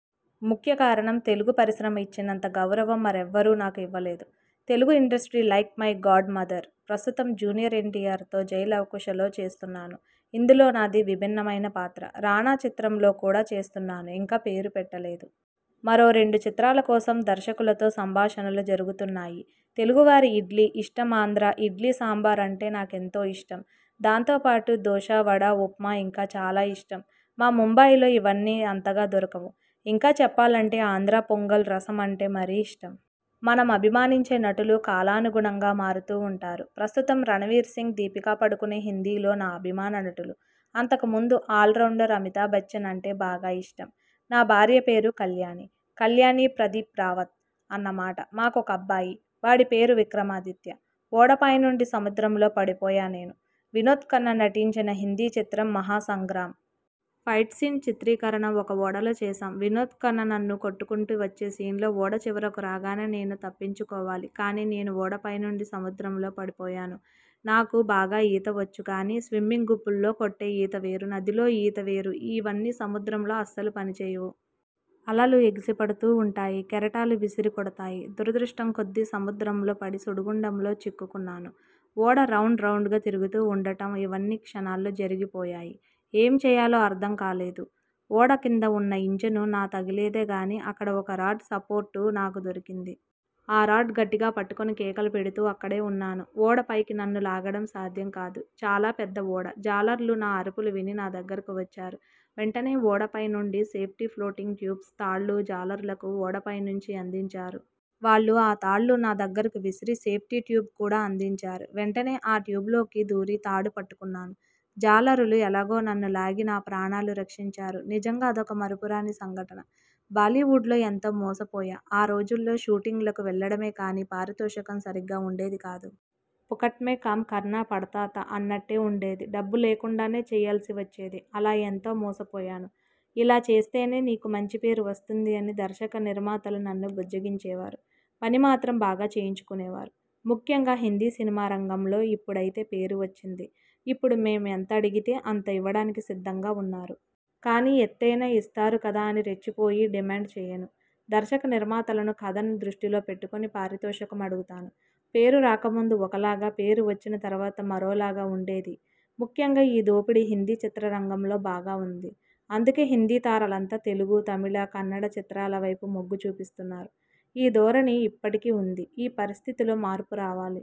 ముఖ్యకారణం. తెలుగు పరిశ్రమ ఇచ్చినంత గౌరవం మరెవ్వరూ నాకు ఇవ్వలేదు. Telugu industry like my godmother. ప్రస్తుతం జూనియర్ ఎన్. టి. ఆర్ తో 'జై లవకుశ' లో చేస్తున్నాను. ఇందులో నాది విభిన్నమైన పాత్ర. రానా చిత్రంలో కూడా చేస్తున్నాను. ఇంకా పేరు పెట్టలేదు. మరో రెండు చిత్రాలకోసం దర్శకులతో సంభాషణలు జరుగుతున్నాయి. తెలుగువారి ఇడ్లీ ఇష్టంఆంధ్రా ఇడ్లీ సాంబార్ అంటే నాకెంతో ఇష్టం. దాంతోపాటు దోశ, వడ, ఉప్మా ఇంకా చాలా ఇష్టం. మా ముంబయిలో ఇవన్నీ అంతగా దొరకవు. ఇంకా చెప్పాలంటే ఆంధ్రా పొంగల్, రసం అంటే మరీ ఇష్టం. మనం అభిమానించే నటులు కాలానుగుణంగా మారుతూ ఉంటారు. ప్రస్తుతం రణవీర్సింగ్, దీపికాపడుకునే హిందీ లో నా అభిమాన నటులు. అంతకుముందు ఆల్రౌండర్ అమితాబచ్చన్ అంటే బాగా ఇష్టం. నా భార్య పేరు కల్యాణి. కల్యాణీప్రదీప్ రావత్ అన్నమాట. మాకు ఒక అబ్బాయి. వాడిపేరు విక్రమాదిత్య. ఓడ పైనుండి సముద్రంలో పడిపోయానేను, వినోద్ఖన్నా నటించిన హిందీ చిత్రం 'మహాసంగ్రామ్'. ఫైట్ సీన్ చిత్రీకరణ ఒక ఓడలో చేశాం. వినోద్ఖన్నా నన్ను కొట్టుకుంటూ వచ్చే సీన్లో ఓడ చివరకు రాగానే నేను తప్పించుకోవాలి. కానీ నేను ఓడ పైనుండి సముద్రంలో పడిపోయాను. నాకు బాగా ఈత వచ్చుగానీ, స్విమ్మింగ్పూల్లో కొట్టే ఈతవేరు. నదిలో ఈత వేరు. ఇవన్నీ సముద్రంలో అస్సలు పనిచేయవు. అలలు ఎగసిపడుతూ ఉంటాయి. కెరటాలు విసిరికొడతాయి. దురదృష్టం కొద్దీ సముద్రంలో పడి సుడిగుండంలో చిక్కుకున్నాను. ఓడ రౌండ్ రౌండ్గా తిరుగుతూ ఉండటం ఇవన్నీ క్షణాల్లో జరిగాపోయాయి. ఏం చేయాలో అర్థం కాలేదు. ఓడ కింద ఉన్న ఇంజను నా తగిలేదేగానీ, అక్కడ ఒక రాడ్ సపోర్టు నాకు దొరికింది. ఆ రాడ్ గట్టిగా పట్టుకుని కేకలు పెడుతూ అక్కడే ఉన్నాను. ఓడ పైకి నన్ను లాగడం సాధ్యంకాదు. చాలా పెద్ద ఓడ. జాలర్లు నా అరుపులు విని నా దగ్గరకు వచ్చారు. వెంటనే ఓడ పై నుండి సేఫ్టీ ఫ్లోటింగ్ ట్యూబ్స్, తాళ్ళు జాలరులకు ఓడ పైనుంచి అందించారు. వాళ్ళు ఆ తాళ్ళు నా దగ్గరకు విసిరి సేఫ్టీ ట్యూబ్ కూడా అందించారు. వెంటనే ఆ ట్యూబ్లోకి దూరి తాడు పట్టుకున్నాను. జాలరులు ఎలాగో నన్ను లాగి నా ప్రాణాలు రక్షించారు. నిజంగా అదొక మరపురాని సంఘటన. బాలీవుడ్లో ఎంతో మోసపోయాఆ రోజుల్లో షూటింగులకు వెళ్ళడమేగానీ పారితోషికం సరిగ్గా ఉండేదికాదు. 'పుకట్మే కామ్కర్నా పడతా థ ' అన్నట్టే ఉండేది. డబ్బు లేకుండానే చేయాల్సివచ్చేది. అలా ఎంతో మోసపోయాను. ఇలా చేస్తేనే నీకు మంచిపేరు వస్తుంది అని దర్శక నిర్మాతలు నన్ను బుజ్జగించేవారు. పనిమాత్రం బాగా చేయించుకునేవారు. ముఖ్యంగా హిందీ సినిమారంగంలో ఇప్పుడైతే పేరు వచ్చింది. ఇప్పుడు మేం ఎంత అడిగితే అంత ఇవ్వడానికి సిద్ధంగా ఉన్నారు. కానీ ఎతైనా ఇస్తారుకదా అని రెచ్చిపోయి డిమాండ్ చేయను. దర్శక నిర్మాతలను, కథను దృష్టిలో పెట్టుకుని పారితోషికం అడుగుతాను. పేరు రాకముందు ఒకలాగా, పేరు వచ్చిన తర్వాత మరోలాగా ఉండేది. ముఖ్యంగా ఈ దోపిడీ హిందీ చిత్రరంగంలో బాగా ఉంది. అందుకే హిందీ తారలంతా తెలుగు, తమిళ, కన్నడ చిత్రాలవైపు మొగ్గుచూపిస్తున్నారు. ఈ ధోరణి ఇప్పటికీ ఉంది. ఈ పరిస్థితిలో మార్పు రావాలి.